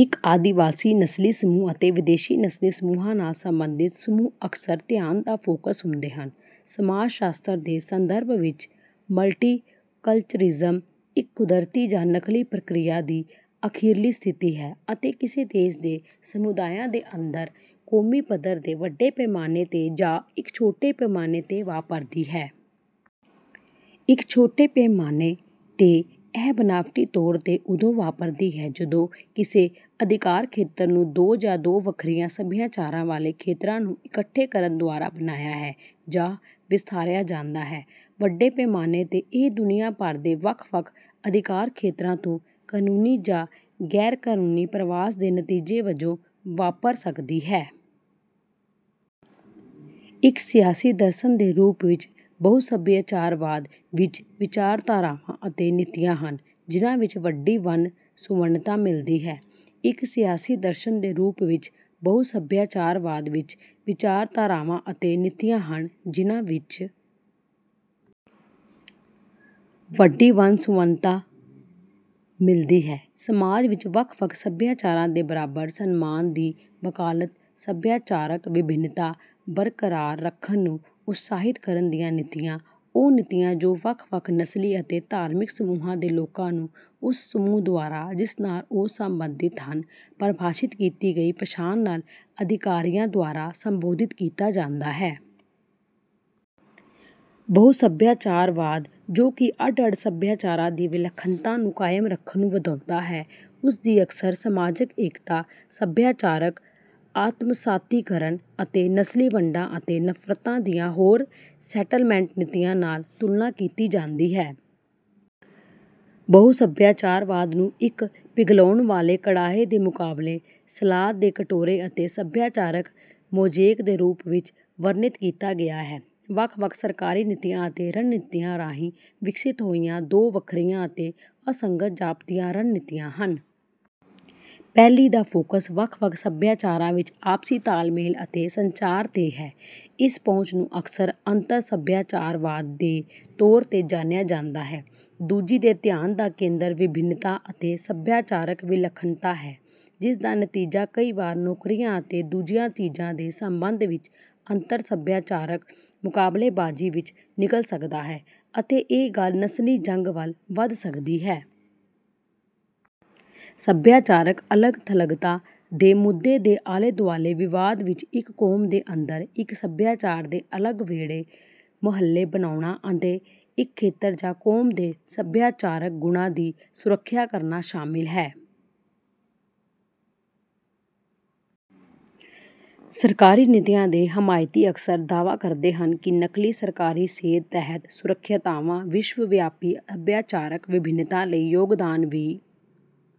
ਇੱਕ ਆਦਿਵਾਸੀ ਨਸਲੀ ਸਮੂਹ ਅਤੇ ਵਿਦੇਸ਼ੀ ਨਸਲੀ ਸਮੂਹਾਂ ਨਾਲ ਸਬੰਧਿਤ ਸਮੂਹ ਅਕਸਰ ਧਿਆਨ ਦਾ ਫ਼ੋਕਸ ਹੁੰਦੇ ਹਨ। ਸਮਾਜ ਸ਼ਾਸਤਰ ਦੇ ਸੰਦਰਭ ਵਿੱਚ, ਮਲਟੀਕਲਚਰਿਜ਼ਮ ਇੱਕ ਕੁਦਰਤੀ ਜਾਂ ਨਕਲੀ ਪ੍ਰਕਿਰਿਆ ਦੀ ਅਖੀਰਲੀ ਸਥਿਤੀ ਹੈ ਅਤੇ ਕਿਸੇ ਦੇਸ਼ ਦੇ ਸਮੁਦਾਇਆਂ ਦੇ ਅੰਦਰ ਕੌਮੀ ਪੱਧਰ ਦੇ ਵੱਡੇ ਪੈਮਾਨੇ ਤੇ ਜਾਂ ਇੱਕ ਛੋਟੇ ਪੈਮਾਨੇ ਤੇ ਵਾਪਰਦੀ ਹੈ। ਇੱਕ ਛੋਟੇ ਪੈਮਾਨੇ ਤੇ ਇਹ ਬਣਾਵਟੀ ਤੌਰ ਤੇ ਉਦੋਂ ਵਾਪਰਦੀ ਹੈ ਜਦੋਂ ਕਿਸੇ ਅਧਿਕਾਰਖੇਤਰ ਨੂੰ ਦੋ ਜਾਂ ਦੋ ਵੱਖਰੀਆਂ ਸਭਿਆਚਾਰਾਂ ਵਾਲੇ ਖੇਤਰਾਂ ਨੂੰ ਇਕੱਠੇ ਕਰਨ ਦੁਆਰਾ ਬਣਾਇਆ ਹੈ ਜਾਂ ਵਿਸਥਾਰਿਆ ਜਾਂਦਾ ਹੈ। ਵੱਡੇ ਪੈਮਾਨੇ ਤੇ, ਇਹ ਦੁਨੀਆ ਭਰ ਦੇ ਵੱਖ-ਵੱਖ ਅਧਿਕਾਰਖੇਤਰਾਂ ਤੋਂ ਕਾਨੂੰਨੀ ਜਾਂ ਗੈਰ ਕਾਨੂੰਨੀ ਪਰਵਾਸ ਦੇ ਨਤੀਜੇ ਵਜੋਂ ਵਾਪਰ ਸਕਦੀ ਹੈ। ਇੱਕ ਸਿਆਸੀ ਦਰਸ਼ਨ ਦੇ ਰੂਪ ਵਿੱਚ ਬਹੁਸਭਿਆਚਾਰਵਾਦ ਵਿੱਚ ਵਿਚਾਰਧਾਰਾਵਾਂ ਅਤੇ ਨੀਤੀਆਂ ਹਨ ਜਿਨ੍ਹਾਂ ਵਿੱਚ ਵੱਡੀ ਵੰਨ ਸੁਵੰਨਤਾ ਮਿਲਦੀ ਹੈ, ਇੱਕ ਸਿਆਸੀ ਦਰਸ਼ਨ ਦੇ ਰੂਪ ਵਿੱਚ ਬਹੁਸਭਿਆਚਾਰਵਾਦ ਵਿੱਚ ਵਿਚਾਰਧਾਰਾਵਾਂ ਅਤੇ ਨੀਤੀਆਂ ਹਨ ਜਿਨ੍ਹਾਂ ਵਿੱਚ ਵੱਡੀ ਵੰਨ ਸੁਵੰਨਤਾ ਮਿਲਦੀ ਹੈ, ਸਮਾਜ ਵਿੱਚ ਵੱਖ ਵੱਖ ਸਭਿਆਚਾਰਾਂ ਦੇ ਬਰਾਬਰ ਸਨਮਾਨ ਦੀ ਵਕਾਲਤ, ਸੱਭਿਆਚਾਰਕ ਵਿਭਿੰਨਤਾ ਬਰਕਰਾਰ ਰੱਖਣ ਨੂੰ ਉਤਸ਼ਾਹਿਤ ਕਰਨ ਦੀਆਂ ਨੀਤੀਆਂ, ਉਹ ਨੀਤੀਆਂ, ਜੋ ਵੱਖ-ਵੱਖ ਨਸਲੀ ਅਤੇ ਧਾਰਮਿਕ ਸਮੂਹਾਂ ਦੇ ਲੋਕਾਂ ਨੂੰ ਉਸ ਸਮੂਹ ਦੁਆਰਾ ਜਿਸ ਨਾਲ ਉਹ ਸੰਬੰਧਿਤ ਹਨ, ਪ੍ਰਭਾਸ਼ਿਤ ਕੀਤੀ ਗਈ ਪਛਾਣ ਨਾਲ ਅਧਿਕਾਰੀਆਂ ਦੁਆਰਾ ਸੰਬੋਧਿਤ ਕੀਤਾ ਜਾਂਦਾ ਹੈ। ਬਹੁਸਭਿਆਚਾਰਵਾਦ ਜੋ ਕਿ ਅੱਡ ਅੱਡ ਸੱਭਿਆਚਾਰਾਂ ਦੀ ਵਿਲੱਖਣਤਾ ਨੂੰ ਕਾਇਮ ਰੱਖਣ ਨੂੰ ਵਧਾਉਂਦਾ ਹੈ, ਉਸਦੀ ਅਕਸਰ ਸਮਾਜਕ ਏਕਤਾ, ਸੱਭਿਆਚਾਰਕ ਆਤਮਸਾਤੀਕਰਨ ਅਤੇ ਨਸਲੀ ਵੰਡਾਂ ਅਤੇ ਨਫਰਤਾਂ ਦੀਆਂ ਹੋਰ ਸੈਟਲਮੈਂਟ ਨੀਤੀਆਂ ਨਾਲ ਤੁਲਨਾ ਕੀਤੀ ਜਾਂਦੀ ਹੈ। ਬਹੁਸਭਿਆਚਾਰਵਾਦ ਨੂੰ ਇੱਕ ਪਿਘਲਉਣ ਵਾਲੇ ਕੜਾਹੇ ਦੇ ਮੁਕਾਬਲੇ "ਸਲਾਦ ਦੇ ਕਟੋਰੇ" ਅਤੇ "ਸੱਭਿਆਚਾਰਕ ਮੋਜ਼ੇਕ" ਦੇ ਰੂਪ ਵਿੱਚ ਵਰਣਿਤ ਕੀਤਾ ਗਿਆ ਹੈ। ਵੱਖ ਵੱਖ ਸਰਕਾਰੀ ਨੀਤੀਆਂ ਅਤੇ ਰਣਨੀਤੀਆਂ ਰਾਹੀਂ ਵਿਕਸਿਤ ਹੋਈਆਂ ਦੋ ਵੱਖਰੀਆਂ ਅਤੇ ਅਸੰਗਤ ਜਾਪਦੀਆਂ ਰਣਨੀਤੀਆਂ ਹਨ। ਪਹਿਲੀ ਦਾ ਫ਼ੋਕਸ ਵੱਖ-ਵੱਖ ਸਭਿਆਚਾਰਾਂ ਵਿਚ ਆਪਸੀ ਤਾਲਮੇਲ ਅਤੇ ਸੰਚਾਰ ਤੇ ਹੈ; ਇਸ ਪਹੁੰਚ ਨੂੰ ਅਕਸਰ ਅੰਤਰ-ਸਭਿਆਚਾਰਵਾਦ ਦੇ ਤੌਰ ਤੇ ਜਾਣਿਆ ਜਾਂਦਾ ਹੈ। ਦੂਜੀ ਦੇ ਧਿਆਨ ਦਾ ਕੇਂਦਰ ਵਿਭਿੰਨਤਾ ਅਤੇ ਸੱਭਿਆਚਾਰਕ ਵਿਲੱਖਣਤਾ ਹੈ ਜਿਸਦਾ ਨਤੀਜਾ ਕਈ ਵਾਰ ਨੌਕਰੀਆਂ ਅਤੇ ਦੂਜੀਆਂ ਚੀਜ਼ਾਂ ਦੇ ਸੰਬੰਧ ਵਿੱਚ ਅੰਤਰ-ਸਭਿਆਚਾਰਕ ਮੁਕਾਬਲੇਬਾਜ਼ੀ ਵਿੱਚ ਨਿਕਲ ਸਕਦਾ ਹੈ ਅਤੇ ਇਹ ਗੱਲ ਨਸਲੀ ਜੰਗ ਵੱਲ ਵਧ ਸਕਦੀ ਹੈ। ਸੱਭਿਆਚਾਰਕ ਅਲੱਗ-ਥਲੱਗਤਾ ਦੇ ਮੁੱਦੇ ਦੇ ਆਲੇ ਦੁਆਲੇ ਵਿਵਾਦ ਵਿੱਚ ਇੱਕ ਕੌਮ ਦੇ ਅੰਦਰ ਇੱਕ ਸੱਭਿਆਚਾਰ ਦੇ ਅਲੱਗ ਵਿਹੜੇ ੁਹੱਲੇ ਬਣਾਉਣਾ ਅਤੇ ਇੱਕ ਖੇਤਰ ਜਾਂ ਕੌਮ ਦੇ ਸਭਿਆਚਾਰਕ ਗੁਣਾਂ ਦੀ ਸੁਰੱਖਿਆ ਕਰਨਾ ਸ਼ਾਮਲ ਹੈ। ਸਰਕਾਰੀ ਨੀਤੀਆਂ ਦੇ ਹਮਾਇਤੀ ਅਕਸਰ ਦਾਅਵਾ ਕਰਦੇ ਹਨ ਕਿ ਨਕਲੀ, ਸਰਕਾਰੀ ਸੇਧ ਤਹਿਤ ਸੁਰੱਖਿਅਤਾਵਾਂ ਵਿਸ਼ਵ-ਵਿਆਪੀ ਸਭਿਆਚਾਰਕ ਵਿਭਿੰਨਤਾ ਲਈ ਯੋਗਦਾਨ ਵੀ...